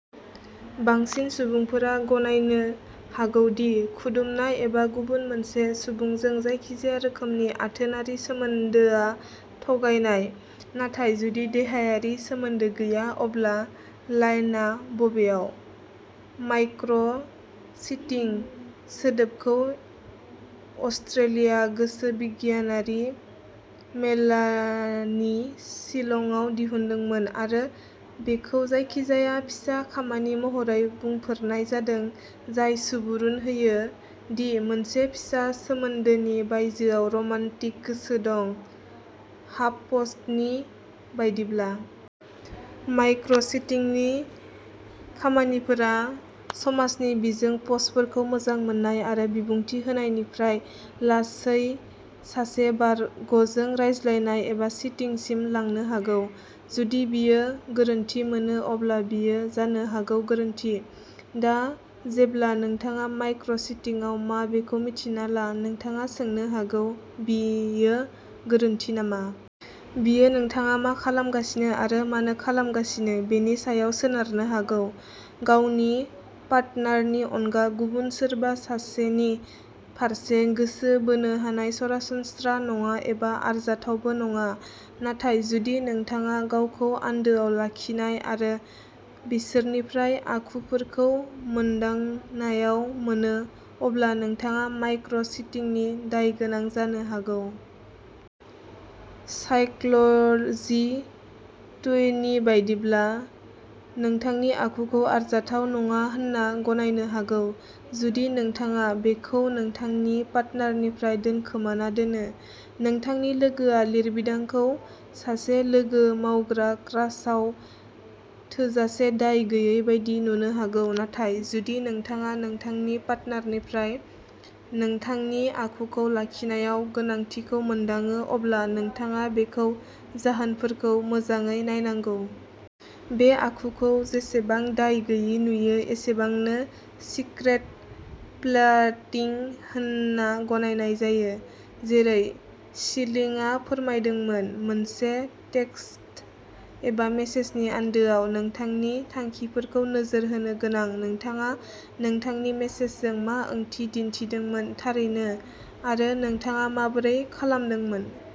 बांसिन सुबुंफोरा गनायनो हागौ दि खुदुमनाय एबा गुबुन मोनसे सुबुंजों जायखिजाया रोखोमनि आथोनारि सोमोन्दोआ थगायनाय। नाथाय जुदि देहायारि सोमोन्दो गैया, अब्ला लाइनआ बबेयाव? "माइक्र'- चिटिं" सोदोबखौ अस्ट्रेलिया गोसो बिगियानारि मेलानी शिलंआव दिहुनदोंमोन आरो बेखौ जायखिजाया फिसा खामानि महरै बुंफोरनाय जादों जाय सुबुरुन होयो दि मोनसे फिसा सोमोन्दोनि बायजोआव रमान्टिक गोसो दं, हाफपस्टनि बायदिब्ला। माइक्र'- चिटिंनि खामानिफोरा समाजनि बिजों पस्टफोरखौ मोजां मोन्नाय आरो बिबुंथि होनायनिफ्राय लासै सासे बारग'जों रायज्लायनाय एबा चिटिंसिम लांनो हागौ। जुदि बियो गोरोन्थि मोनो, अब्ला बियो जानो हागौ गोरोन्थि। दा जेब्ला नोंथाङा माइक्र'- चिटिंआव मा बेखौ मिन्थिना ला, नोंथाङा सोंनो हागौ, "बियो गोरोन्थि नामा?" बियो नोंथाङा मा खालामगासिनो आरो मानो खालामगासिनो बेनि सायाव सोनारनो हागौ। गावनि पाटनारनि अनगा गुबुन सोरबा सासेनि हारसिं गोसो बोनो हानाय सरासनस्रा नङा एबा आरजाथावबो नङा, नाथाय जुदि नोंथाङा गावखौ आन्दोआव लाखिनाय आरो बिसोरनिफ्राय आखुफोरखौ मोन्दांनायाव मोनो, अब्ला नोंथाङा माइक्र'- चिटिंनि दायगोनां जानो हागौ। साइक्ल'जि टुनि बायदिब्ला, नोंथांनि आखुखौ आरजाथाव नङा होनना गनायनो हागौ, जुदि नोंथाङा बेखौ नोंथांनि पाटनारनिफ्राय दोनखोमाना दोनो। नोंथांनि लोगोआ लिरबिदांखौ सासे लोगो-मावग्रा क्रासआव थोजासे दाय गैयै बायदि नुनो हागौ, नाथाय जुदि नोंथाङा नोंथांनि पाटनारनिफ्राय नोंथांनि आखुखौ लाखिनायाव गोनांथिखौ मोनदाङो, अब्ला नोंथाङा बेखौ जाहोनफोरखौ मोजाङै नायनांगौ। बे आखुखौ, जेसेबां दाय गैयै नुयो एसेबांनो, सिक्रेट फ्लार्टिं होनना गनायनाय जायो जेरै शिलिंआ फोरमायदोंमोन। मोनसे टेक्सट एबा मेसेजनि आन्दोआव नोंथांनि थांखिफोरखौ नोजोर होनो गोनां ।नोंथाङा नोंथांनि मेसेजजों मा ओंथि दिन्थिदोंमोन, थारैनो, आरो नोंथाङा माबोरै खालामदोंमोन।